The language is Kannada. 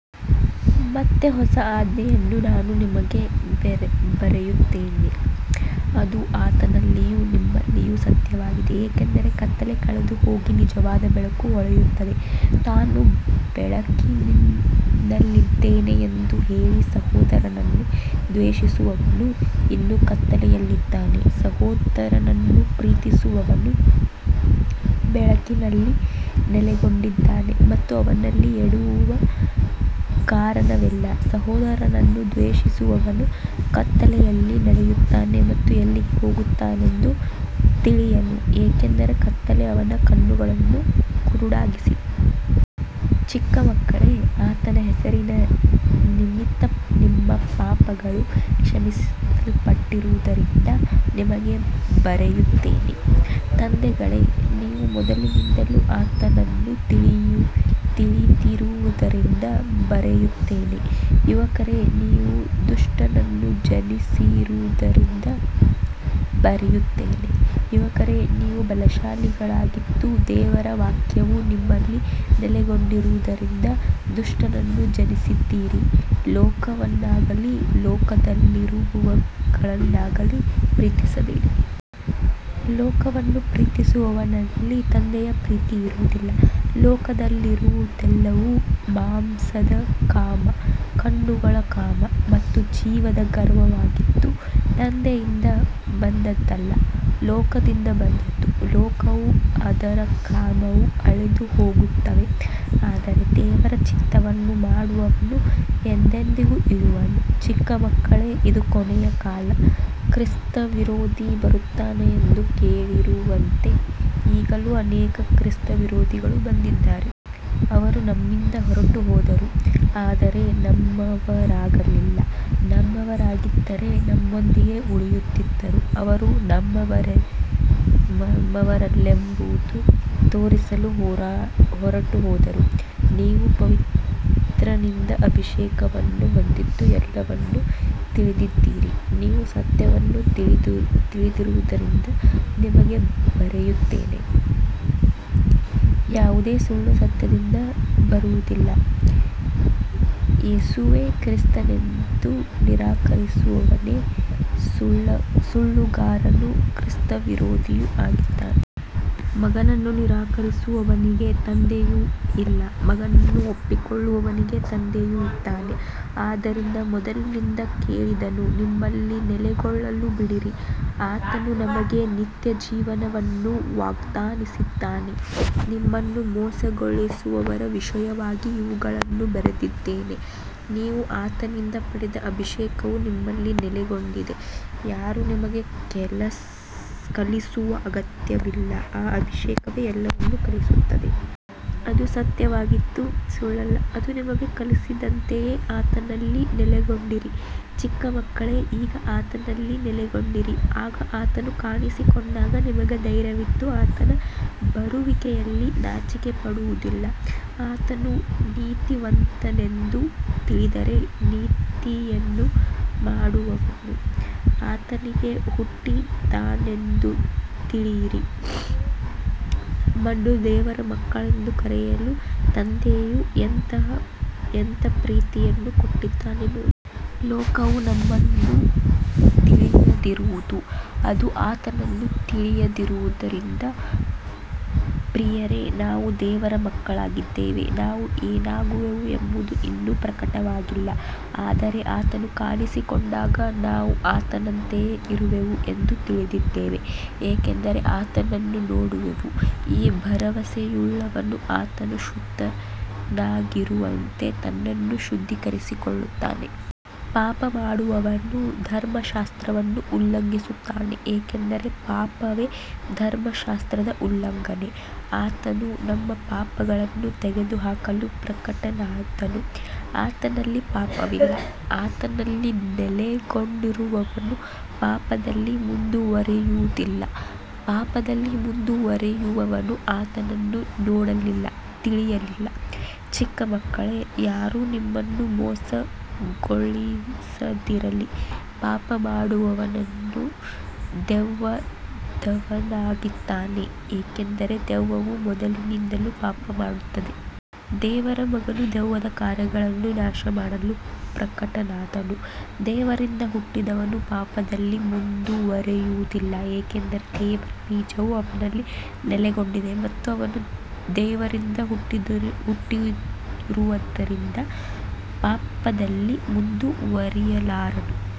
ಮತ್ತೆ ಹೊಸ ಆಜ್ಞೆಯನ್ನು ನಾನು ನಿಮಗೆ ಬರೆಯುತ್ತೇನೆ, ಅದು ಆತನಲ್ಲಿಯೂ ನಿಮ್ಮಲ್ಲಿಯೂ ಸತ್ಯವಾಗಿದೆ, ಏಕೆಂದರೆ ಕತ್ತಲೆ ಕಳೆದುಹೋಗಿ ನಿಜವಾದ ಬೆಳಕು ಹೊಳೆಯುತ್ತಿದೆ. ತಾನು ಬೆಳಕಿನಲ್ಲಿದ್ದೇನೆ ಎಂದು ಹೇಳಿ ಸಹೋದರನನ್ನು ದ್ವೇಷಿಸುವವನು ಇನ್ನೂ ಕತ್ತಲೆಯಲ್ಲಿದ್ದಾನೆ. ಸಹೋದರನನ್ನು ಪ್ರೀತಿಸುವವನು ಬೆಳಕಿನಲ್ಲಿ ನೆಲೆಗೊಂಡಿದ್ದಾನೆ ಮತ್ತು ಅವನಲ್ಲಿ ಎಡವುವ ಕಾರಣವಿಲ್ಲ. ಸಹೋದರನನ್ನು ದ್ವೇಷಿಸುವವನು ಕತ್ತಲೆಯಲ್ಲಿ ನಡೆಯುತ್ತಾನೆ ಮತ್ತು ಎಲ್ಲಿಗೆ ಹೋಗುತ್ತಾನೆಂದು ತಿಳಿಯನು, ಏಕೆಂದರೆ ಕತ್ತಲೆ ಅವನ ಕಣ್ಣುಗಳನ್ನು ಕುರುಡಾಗಿಸಿದೆ. ಚಿಕ್ಕ ಮಕ್ಕಳೇ, ಆತನ ಹೆಸರಿನ ನಿಮಿತ್ತ ನಿಮ್ಮ ಪಾಪಗಳು ಕ್ಷಮಿಸಲ್ಪಟ್ಟಿರುವುದರಿಂದ ನಿಮಗೆ ಬರೆಯುತ್ತೇನೆ. ತಂದೆಗಳೇ, ನೀವು ಮೊದಲಿನಿಂದಲೂ ಆತನನ್ನು ತಿಳಿದಿರುವುದರಿಂದ ಬರೆಯುತ್ತೇನೆ. ಯುವಕರೇ, ನೀವು ದುಷ್ಟನನ್ನು ಜಯಿಸಿರುವುದರಿಂದ ಬರೆಯುತ್ತೇನೆ. ಯುವಕರೇ, ನೀವು ಬಲಶಾಲಿಗಳಾಗಿದ್ದು ದೇವರ ವಾಕ್ಯವು ನಿಮ್ಮಲ್ಲಿ ನೆಲೆಗೊಂಡಿರುವುದರಿಂದ ದುಷ್ಟನನ್ನು ಜಯಿಸಿದ್ದೀರಿ. ಲೋಕವನ್ನಾಗಲಿ ಲೋಕದಲ್ಲಿರುವವುಗಳನ್ನಾಗಲಿ ಪ್ರೀತಿಸಬೇಡಿ. ಲೋಕವನ್ನು ಪ್ರೀತಿಸುವವನಲ್ಲಿ ತಂದೆಯ ಪ್ರೀತಿ ಇರುವುದಿಲ್ಲ. ಲೋಕದಲ್ಲಿರುವುದೆಲ್ಲವೂ ಮಾಂಸದ ಕಾಮ, ಕಣ್ಣುಗಳ ಕಾಮ ಮತ್ತು ಜೀವದ ಗರ್ವವಾಗಿದ್ದು ತಂದೆಯಿಂದ ಬಂದದ್ದಲ್ಲ, ಲೋಕದಿಂದ ಬಂದದ್ದು. ಲೋಕವೂ ಅದರ ಕಾಮವೂ ಅಳಿದುಹೋಗುತ್ತವೆ, ಆದರೆ ದೇವರ ಚಿತ್ತವನ್ನು ಮಾಡುವವನು ಎಂದೆಂದಿಗೂ ಇರುವನು. ಚಿಕ್ಕ ಮಕ್ಕಳೇ, ಇದು ಕೊನೆಯ ಕಾಲ. ಕ್ರಿಸ್ತವಿರೋಧಿ ಬರುತ್ತಾನೆ ಎಂದು ಕೇಳಿರುವಂತೆ ಈಗಲೂ ಅನೇಕ ಕ್ರಿಸ್ತವಿರೋಧಿಗಳು ಬಂದಿದ್ದಾರೆ. ಅವರು ನಮ್ಮಿಂದ ಹೊರಟುಹೋದರು, ಆದರೆ ನಮ್ಮವರಾಗಿರಲಿಲ್ಲ. ನಮ್ಮವರಾಗಿದ್ದರೆ ನಮ್ಮೊಂದಿಗೆ ಉಳಿಯುತ್ತಿದ್ದರು. ಅವರು ನಮ್ಮವರಲ್ಲವೆಂದು ತೋರಿಸಲು ಹೊರಟುಹೋದರು. ನೀವು ಪವಿತ್ರನಿಂದ ಅಭಿಷೇಕವನ್ನು ಹೊಂದಿದ್ದು ಎಲ್ಲವನ್ನೂ ತಿಳಿದಿದ್ದೀರಿ. ನೀವು ಸತ್ಯವನ್ನು ತಿಳಿದಿರುವುದರಿಂದ ನಿಮಗೆ ಬರೆಯುತ್ತೇನೆ, ಯಾವುದೇ ಸುಳ್ಳು ಸತ್ಯದಿಂದ ಬರುವುದಿಲ್ಲ. ಯೇಸುವೇ ಕ್ರಿಸ್ತನೆಂದು ನಿರಾಕರಿಸುವವನೇ ಸುಳ್ಳುಗಾರನೂ ಕ್ರಿಸ್ತವಿರೋಧಿಯೂ ಆಗಿದ್ದಾನೆ. ಮಗನನ್ನು ನಿರಾಕರಿಸುವವನಿಗೆ ತಂದೆಯೂ ಇಲ್ಲ, ಮಗನನ್ನು ಒಪ್ಪಿಕೊಳ್ಳುವವನಿಗೆ ತಂದೆಯೂ ಇದ್ದಾನೆ. ಆದ್ದರಿಂದ ಮೊದಲಿನಿಂದ ಕೇಳಿದ್ದನ್ನು ನಿಮ್ಮಲ್ಲಿ ನೆಲೆಗೊಳ್ಳಲು ಬಿಡಿರಿ. ಆತನು ನಮಗೆ ನಿತ್ಯಜೀವವನ್ನು ವಾಗ್ದಾನಿಸಿದ್ದಾನೆ. ನಿಮ್ಮನ್ನು ಮೋಸಗೊಳಿಸುವವರ ವಿಷಯವಾಗಿ ಇವುಗಳನ್ನು ಬರೆದಿದ್ದೇನೆ. ನೀವು ಆತನಿಂದ ಪಡೆದ ಅಭಿಷೇಕವು ನಿಮ್ಮಲ್ಲಿ ನೆಲೆಗೊಂಡಿದೆ. ಯಾರೂ ನಿಮಗೆ ಕಲಿಸುವ ಅಗತ್ಯವಿಲ್ಲ, ಆ ಅಭಿಷೇಕವೇ ಎಲ್ಲವನ್ನೂ ಕಲಿಸುತ್ತದೆ. ಅದು ಸತ್ಯವಾಗಿದ್ದು ಸುಳ್ಳಲ್ಲ. ಅದು ನಿಮಗೆ ಕಲಿಸಿದಂತೆಯೇ ಆತನಲ್ಲಿ ನೆಲೆಗೊಂಡಿರಿ. ಚಿಕ್ಕ ಮಕ್ಕಳೇ, ಈಗ ಆತನಲ್ಲಿ ನೆಲೆಗೊಂಡಿರಿ, ಆಗ ಆತನು ಕಾಣಿಸಿಕೊಂಡಾಗ ನಮಗೆ ಧೈರ್ಯವಿದ್ದು ಆತನ ಬರುವಿಕೆಯಲ್ಲಿ ನಾಚಿಕೆಪಡುವುದಿಲ್ಲ. ಆತನು ನೀತಿವಂತನೆಂದು ತಿಳಿದರೆ ನೀತಿಯನ್ನು ಮಾಡುವವನು ಆತನಿಂದ ಹುಟ್ಟಿದ್ದಾನೆಂದು ತಿಳಿಯಿರಿ. ನಮ್ಮನ್ನು ದೇವರ ಮಕ್ಕಳೆಂದು ಕರೆಯಲು ತಂದೆಯು ಎಂಥ ಪ್ರೀತಿಯನ್ನು ಕೊಟ್ಟಿದ್ದಾನೆ ನೋಡಿ. ಲೋಕವು ನಮ್ಮನ್ನು ತಿಳಿಯದಿರುವುದು ಅದು ಆತನನ್ನು ತಿಳಿಯದಿರುವುದರಿಂದ. ಪ್ರಿಯರೇ, ಈಗ ನಾವು ದೇವರ ಮಕ್ಕಳಾಗಿದ್ದೇವೆ. ನಾವು ಏನಾಗುವೆವು ಎಂಬುದು ಇನ್ನೂ ಪ್ರಕಟವಾಗಿಲ್ಲ, ಆದರೆ ಆತನು ಕಾಣಿಸಿಕೊಂಡಾಗ ನಾವು ಆತನಂತೆಯೇ ಇರುವೆವು ಎಂದು ತಿಳಿದಿದ್ದೇವೆ, ಏಕೆಂದರೆ ಆತನನ್ನು ನೋಡುವೆವು. ಈ ಭರವಸೆಯುಳ್ಳವನು ಆತನು ಶುದ್ಧನಾಗಿರುವಂತೆ ತನ್ನನ್ನು ಶುದ್ಧೀಕರಿಸಿಕೊಳ್ಳುತ್ತಾನೆ. ಪಾಪ ಮಾಡುವವನು ಧರ್ಮಶಾಸ್ತ್ರವನ್ನು ಉಲ್ಲಂಘಿಸುತ್ತಾನೆ, ಏಕೆಂದರೆ ಪಾಪವೇ ಧರ್ಮಶಾಸ್ತ್ರದ ಉಲ್ಲಂಘನೆ. ಆತನು ನಮ್ಮ ಪಾಪಗಳನ್ನು ತೆಗೆದುಹಾಕಲು ಪ್ರಕಟನಾದನು, ಆತನಲ್ಲಿ ಪಾಪವಿಲ್ಲ. ಆತನಲ್ಲಿ ನೆಲೆಗೊಂಡಿರುವವನು ಪಾಪದಲ್ಲಿ ಮುಂದುವರಿಯುವುದಿಲ್ಲ. ಪಾಪದಲ್ಲಿ ಮುಂದುವರಿಯುವವನು ಆತನನ್ನು ನೋಡಲಿಲ್ಲ, ತಿಳಿಯಲಿಲ್ಲ. ಚಿಕ್ಕ ಮಕ್ಕಳೇ, ಯಾರೂ ನಿಮ್ಮನ್ನು ಮೋಸಗೊಳಿಸದಿರಲಿ. ಪಾಪ ಮಾಡುವವನು ದೆವ್ವದವನಾಗಿದ್ದಾನೆ, ಏಕೆಂದರೆ ದೆವ್ವವು ಮೊದಲಿನಿಂದಲೂ ಪಾಪಮಾಡುತ್ತದೆ. ದೇವರ ಮಗನು ದೆವ್ವದ ಕಾರ್ಯಗಳನ್ನು ನಾಶಮಾಡಲು ಪ್ರಕಟನಾದನು. ದೇವರಿಂದ ಹುಟ್ಟಿದವನು ಪಾಪದಲ್ಲಿ ಮುಂದುವರಿಯುವುದಿಲ್ಲ, ಏಕೆಂದರೆ ದೇವರ ಬೀಜವು ಅವನಲ್ಲಿ ನೆಲೆಗೊಂಡಿದೆ ಮತ್ತು ಅವನು ದೇವರಿಂದ ಹುಟ್ಟಿರುವುದರಿಂದ ಪಾಪದಲ್ಲಿ ಮುಂದುವರಿಯಲಾರನು.